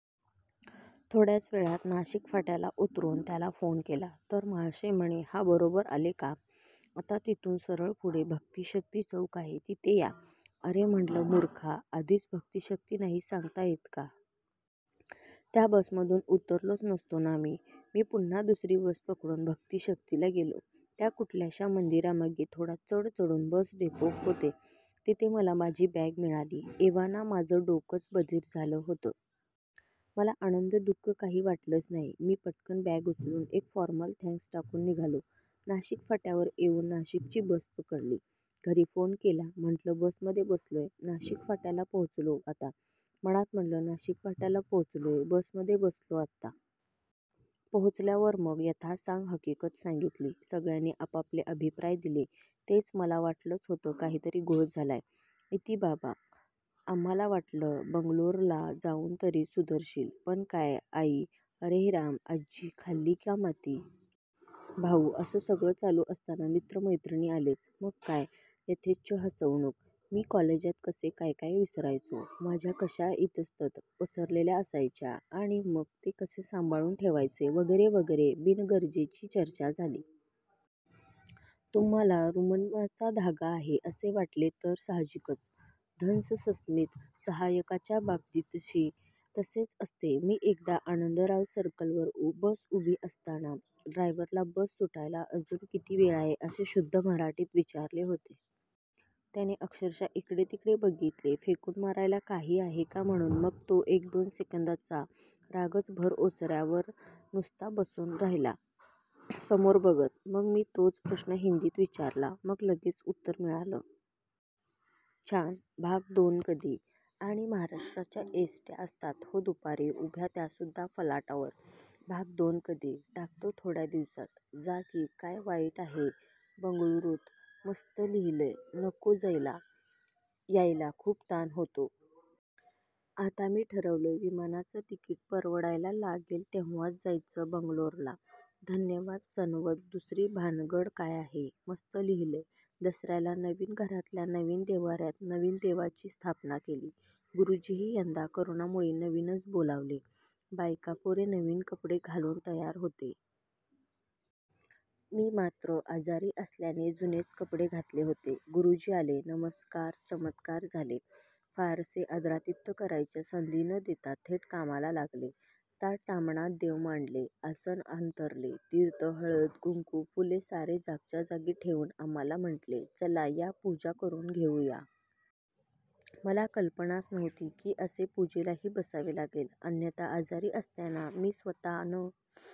थोड्याच वेळात नाशिक फाट्याला उतरून त्याला फोन केला, तर महाशय म्हणे हा बरोबर आले का? आता तिथून सरळ पुढे भक्तीशक्ती चौक आहे तिथे या. अरे म्हणलं मूर्खा! आधीच भक्तीशक्ती नाही सांगता येत का. त्या बसमधून उतरलोच नसतो ना मी. मी पुन्हा दुसरी बस पकडून भक्तीशक्तीला गेलो. त्या कुठल्याशा मंदिरामागे थोडा चढ चढून बस डेपो होते. तिथे मला माझी बॅग मिळाली. एव्हाना माझं डोकंच बधीर झालं होतं. मला आनंद दुःख काही वाटलंच नाही. मी पटकन बॅग उचलून एक फॉर्मल थँक्स टाकून निघालो. नाशिक फाट्यावर येऊन नाशिकची बस पकडली. घरी फोन केला म्हणलं बसमध्ये बसलोय, नाशिक फाट्याला पोहोचलो आता. मनात म्हणलं नाशिक फाट्याला पोहोचलोय, बसमध्ये बसलो आता. पोहोचल्यावर मग यथासांग हकीकत सांगितली. सगळ्यांनी आपापले अभिप्राय दिले. तेच मला वाटलंच होतं काहीतरी घोळ झालाय, इति बाबा. आम्हाला वाटलं बंगलोरला जाऊन तरी सुधरशील, पण काय, आई. हरे राम, आज्जी. खाल्ली का माती? भाऊ. असं सगळं चालू असताना मित्र मैत्रिणी आलेच. मग काय. यथेच्छ हसवणूक. मी कॉलेजात कसे काय काय विसरायचो, माझ्या कशा इतस्तत: पसरलेल्या असायच्या आणि मग ते कसे सांभाळून ठेवायचे वगैरे वगैरे बिनगरजेची चर्चा झाली. तुम्हाला ऋन्मयचा धागा आहे असे वाटले तर साहजिकच. धन्स सस्मित, सहायकाच्या बाबतीतशी तसेच असते. मी एकदा आनंदराव सर्कलवर बस उभी असताना ड्रायव्हरला बस सुटायला अजून किती वेळ आहे असे शुद्ध मराठीत विचारले होते. त्याने अक्षरशः इकडे तिकडे बघितले फेकून मारायला काही आहे का म्हणून. मग तो एक-दोन सेकंदांचा रागाचा भर ओसरल्यावर नुसता बसून राहिला समोर बघत. मग मी तोच प्रश्न हिंदीत विचारला. मग लगेच उत्तर मिळाले. छान, भाग दोन कधी? आणि महाराष्ट्राच्या एसट्या असतात हो दुपारी उभ्या त्यासुद्धा फलाटावर. भाग दोन कधी? टाकतो थोड्या दिवसांत. जा की. काय वाईट आहे बंगळुरूत? मस्त लिहिलंय! नको. जायला यायला खूप ताण होतो. आता मी ठरवलंय विमानाचं तिकीट परवडायला लागेल तेव्हाच जायचं बंगलोरला. धन्यवाद सनवद, दुसरी भानगड काय आहे? मस्त लिहिलंय! दसऱ्याला नवीन घरातल्या नवीन देव्हाऱ्यात नवीन देवांची स्थापना केली. गुरुजीही यंदा कोरोनामुळे नवीनच बोलावले. बायकापोरे नवीन कपडे घालून तयार होते. मी मात्र आजारी असल्याने जुनेच कपडे घातले होते. गुरुजी आले. नमस्कार चमत्कार झाले. फारसे आदरातिथ्य करायची संधी न देता थेट कामाला लागले. ताट ताम्हाणात देव मांडले. आसन अंथरले. तीर्थ हळद कुंकू फुले सारे जागच्या जागी ठेवून आम्हाला म्हटले चला या पूजा करून घेऊया. मला कल्पनाच नव्हती की असे पूजेलाही बसावे लागेल. अन्यथा आजारी असताना मी स्वतः न